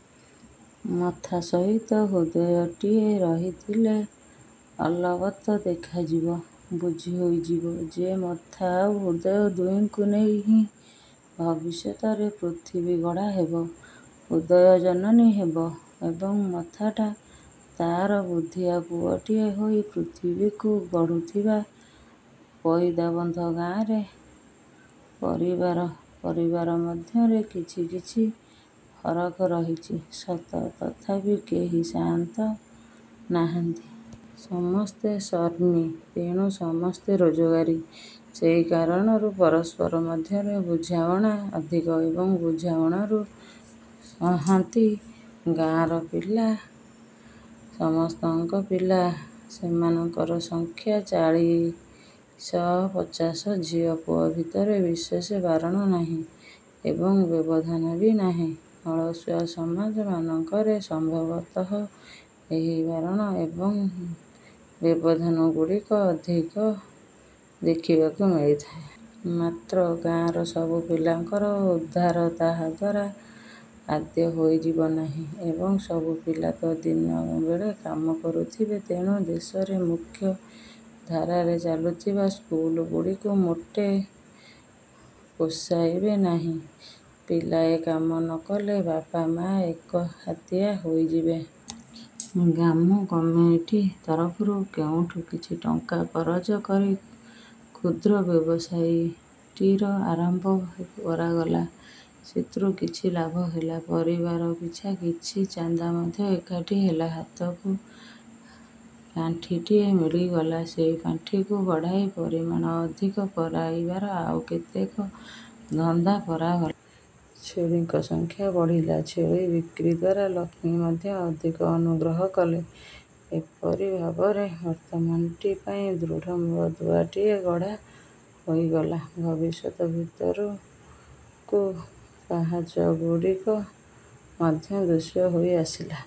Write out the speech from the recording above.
ମଥାସହିତ ହୃଦୟଟିଏ ରହିଥିଲେ ଅଲବତ ଦେଖାଯିବ ବୁଝି ହୋଇଯିବ ଯେ ମଥା ଆଉ ହୃଦୟ ଦୁହିଁଙ୍କୁ ନେଇ ହିଁ ଭବିଷ୍ୟତରେ ପୃଥିବୀ ଗଢ଼ା ହେବ। ହୃଦୟ ଜନନୀ ହେବ ଏବଂ ମଥାଟା ତା'ର ବୁଦ୍ଧିଆ ପୁଅଟିଏ ହୋଇ ପୃଥିବୀକୁ ଗଢୁଥିବ। ପଇଦାବନ୍ଧ ଗାଆଁରେ ପରିବାର ପରିବାର ମଧ୍ୟରେ କିଛି କିଛି ଫରକ ରହିଛି ସତ, ତଥାପି କେହି ସାଆନ୍ତ ନାହାନ୍ତି। ସମସ୍ତେ ଶ୍ରମୀ, ତେଣୁ ସମସ୍ତେ ରୋଜଗାରୀ। ସେହି କାରଣରୁ ପରସ୍ପର ମଧ୍ୟରେ ବୁଝାମଣା ଅଧିକ ଏବଂ ବୁଝାମଣାରୁ ସଂହତି। ଗାଆଁର ପିଲା ସମସ୍ତଙ୍କର ପିଲା। ସେମାନଙ୍କର ସଂଖ୍ୟା ଚାଳିଶ ପଚାଶ। ଝିଅ ପୁଅ ଭିତରେ ବିଶେଷ ବାରଣ ନାହିଁ ଏବଂବ୍ୟବଧାନ ବି ନାହିଁ। ଅଳସୁଆ ସମାଜ ମାନଙ୍କରେ ସମ୍ଭବତଃ ଏହି ବାରଣ ଏବଂ ବ୍ୟବଧାନଗୁଡ଼ିକ ଅଧିକ ଦେଖିବାକୁ ମିଳିଥାଏ। ମାତ୍ର, ଗାଆଁର ସବୁ ପିଲାଙ୍କର ଉଦ୍ଧାର ତାହାଦ୍ଵାରା ଆଦୌ ହୋଇଯିବ ନାହିଁ। ଏବଂ ସବୁ ପିଲା ତ ଦିନ ବେଳେ କାମ କରୁଥିବେ, ତେଣୁ ଦେଶରେ ମୁଖ୍ୟ ଧାରାରେ ଚାଲୁଥିବା ସ୍କୁଲଗୁଡ଼ିକୁ ମୋଟେ ପୋଷାଇବେ ନାହିଁ। ପିଲାଏ କାମ ନକଲେ ବାପା, ମାଆ ଏକହାତିଆ ହୋଇଯିବେ। ଗ୍ରାମ କମିଟି ତରଫରୁ କୋଉଠୁ କିଛି ଟଙ୍କା କରଜ କରି କ୍ଷୁଦ୍ର ବ୍ୟବସାୟଟିଏ ଆରମ୍ଭ କରାଗଲା। ସେଥିରୁ କିଛି ଲାଭ ହେଲା। ପରିବାର ପିଛା କିଛି ଚାନ୍ଦା ମଧ୍ୟ ଏକାଠି ହେଲା। ହାତକୁ ପାଣ୍ଠିଟିଏ ମିଳିଗଲା। ସେହି ପାଣ୍ଠିକୁ ବଢ଼ାଇ ପରିମାଣ ଅଧିକ କରାଇବାର ଆଉ କେତେକ ଧନ୍ଦା କରାଗଲା। ଛେଳିଙ୍କ ସଂଖ୍ୟା ବଢ଼ିଲା। ଛେଳି ବିକ୍ରିଦ୍ଵାରା ଲକ୍ଷ୍ମୀ ମଧ୍ୟ ଅଧିକ ଅନୁଗ୍ରହ କଲେ। ଏହିପରି ଭାବରେ ବର୍ତ୍ତମାନଟି ପାଇଁ ଦୃଢ଼ ମୁଳଦୁଆଟିଏ ଗଢ଼ା ହୋଇଗଲା। ଭବିଷ୍ୟତ ଭିତରକୁ ପାହାଚଗୁଡ଼ିକ ମଧ୍ୟ ଦୃଶ୍ୟ ହୋଇ ଆସିଲା।